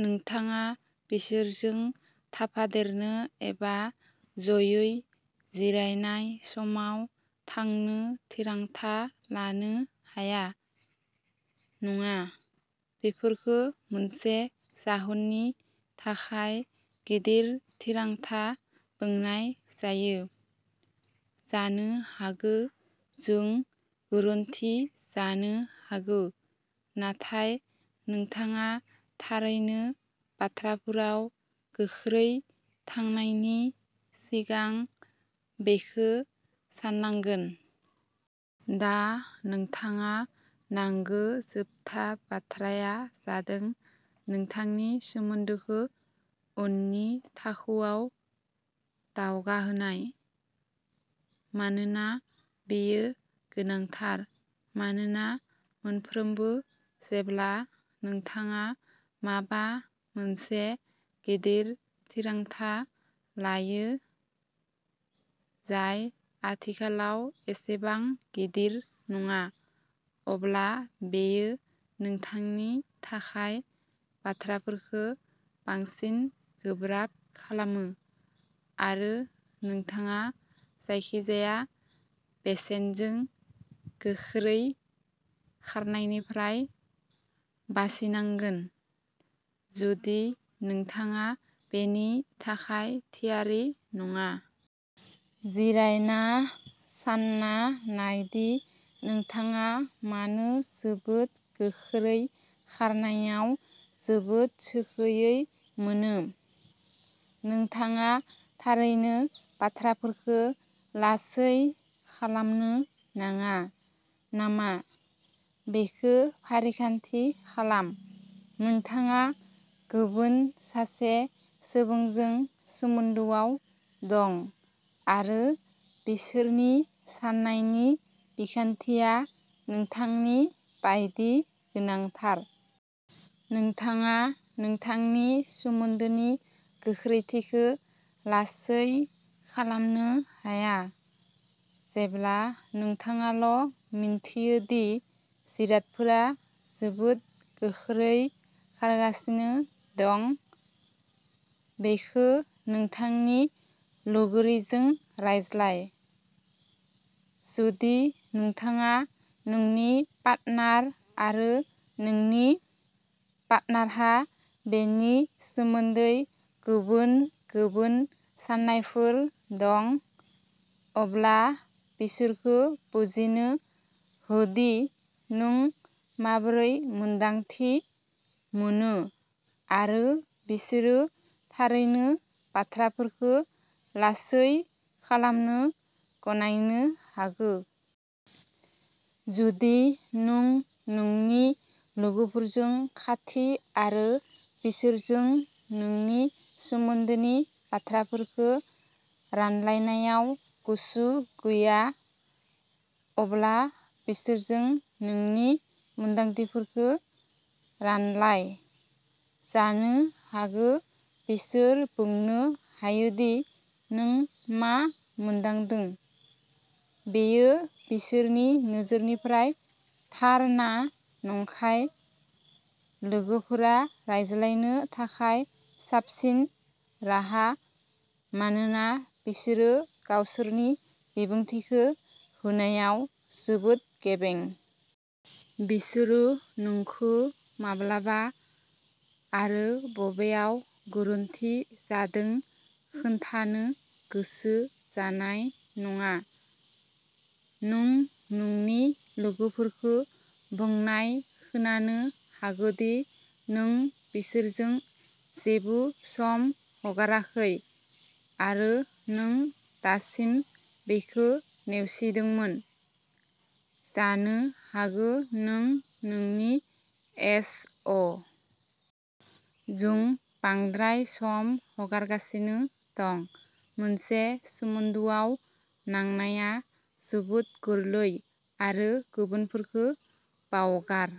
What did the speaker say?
नोंथाङा बिसोरजों थाफादेरनो एबा जयै जिरायनाय समाव थांनो थिरांथा लानो हाया। नङा, बेफोरखौ मोनसे जाहोननि थाखाय गिदिर थिरांथा बुंनाय जायो। जानो हागौ जों गोरोन्थि जानो हागौ नाथाय नोंथाङा थारैनो बाथ्राफोराव गोख्रै थांनायनि सिगां बेखौ साननांगोन। दा नोंथाङा नांगौ जोबथा बाथ्राया जादों नोंथांनि सोमोन्दोखौ उननि थाखोआव दावगाहोनाय। मानोना बेयो गोनांथार मानोना मोनफ्रोमबो जेब्ला नोंथाङा माबा मोनसे गिदिर थिरांथा लायो, जाय आथिखालाव एसेबां गिदिर नङा, अब्ला बेयो नोंथांनि थाखाय बाथ्राफोरखौ बांसिन गोब्राब खालामो आरो नोंथाङा जायखिजाया बेसेनजों गोख्रै खारनायनिफ्राय बासिनांगोन, जुदि नोंथाङा बेनि थाखाय थियारि नङा। जिरायना सानना नायदि नोंथाङा मानो जोबोद गोख्रै खारनायाव जोबोद सुखुयै मोनो, नोंथाङा थारैनो बाथ्राफोरखौ लासै खालामनो गोनां नामा बेखौ फारिखान्थि खालाम। नोंथाङा गुबुन सासे सुबुंजों सोमोन्दोआव दं आरो बिसोरनि साननायनि बिखान्थिया नोंथांनि बायदि गोनांथार। नोंथाङा नोंथांनि सोमोन्दोनि गोख्रैथिखौ लासै खालामनो हाया, जेब्ला नोंथाङाल' मिथियो दि जिरादफोरा जोबोद गोख्रै खारगासिनो दं। बेखौ नोंथांनि लोगोरिजों रायज्लाय। जुदि नोंथाङा नोंनि पार्टनार आरो नोंनि पार्टनारहा बेनि सोमोन्दै गुबुन गुबुन साननायफोर दं, अब्ला बिसोरखौ बुजिनो होदि नों माबोरै मोन्दांथि मोनो आरो बिसोरो थारैनो बाथ्राफोरखौ लासै खालामनो गनायनो हागौ। जुदि नों नोंनि लोगोफोरजों खाथि आरो बिसोरजों नोंनि सोमोन्दोनि बाथ्राफोरखौ रानलायनायाव गोसो गैया, अब्ला बिसोरजों नोंनि मोन्दांथिफोरखौ रानलाय। जानो हागौ बिसोर बुंनो हायोदि नों मा मोनदांदों बेयो बिसोरनि नोजोरनिफ्राय थार ना नंखाय। लोगोफोरा रायज्लायनो थाखाय साबसिन राहा मानोना बिसोरो गावसोरनि बिबुंथिखौ होनायाव जोबोद गेबें। बिसोरो नोंखौ माब्ला आरो बबेयाव गोरोन्थि जादों खोन्थानो गोसो जानाय नङा। नों नोंनि लोगोफोरखौ बुंनाय खोनानो हागौदि नों बिसोरजों जेबो सम हगाराखै आरो नों दासिम बेखौ नेवसिदोंमोन। जानो हागौ नों नोंनि एस. अ. जों बांद्राय सम हगारगासिनो दं। मोनसे सोमोन्दोआव नांनाया जोबोद गोरलै आरो गुबुनफोरखौ बावगार।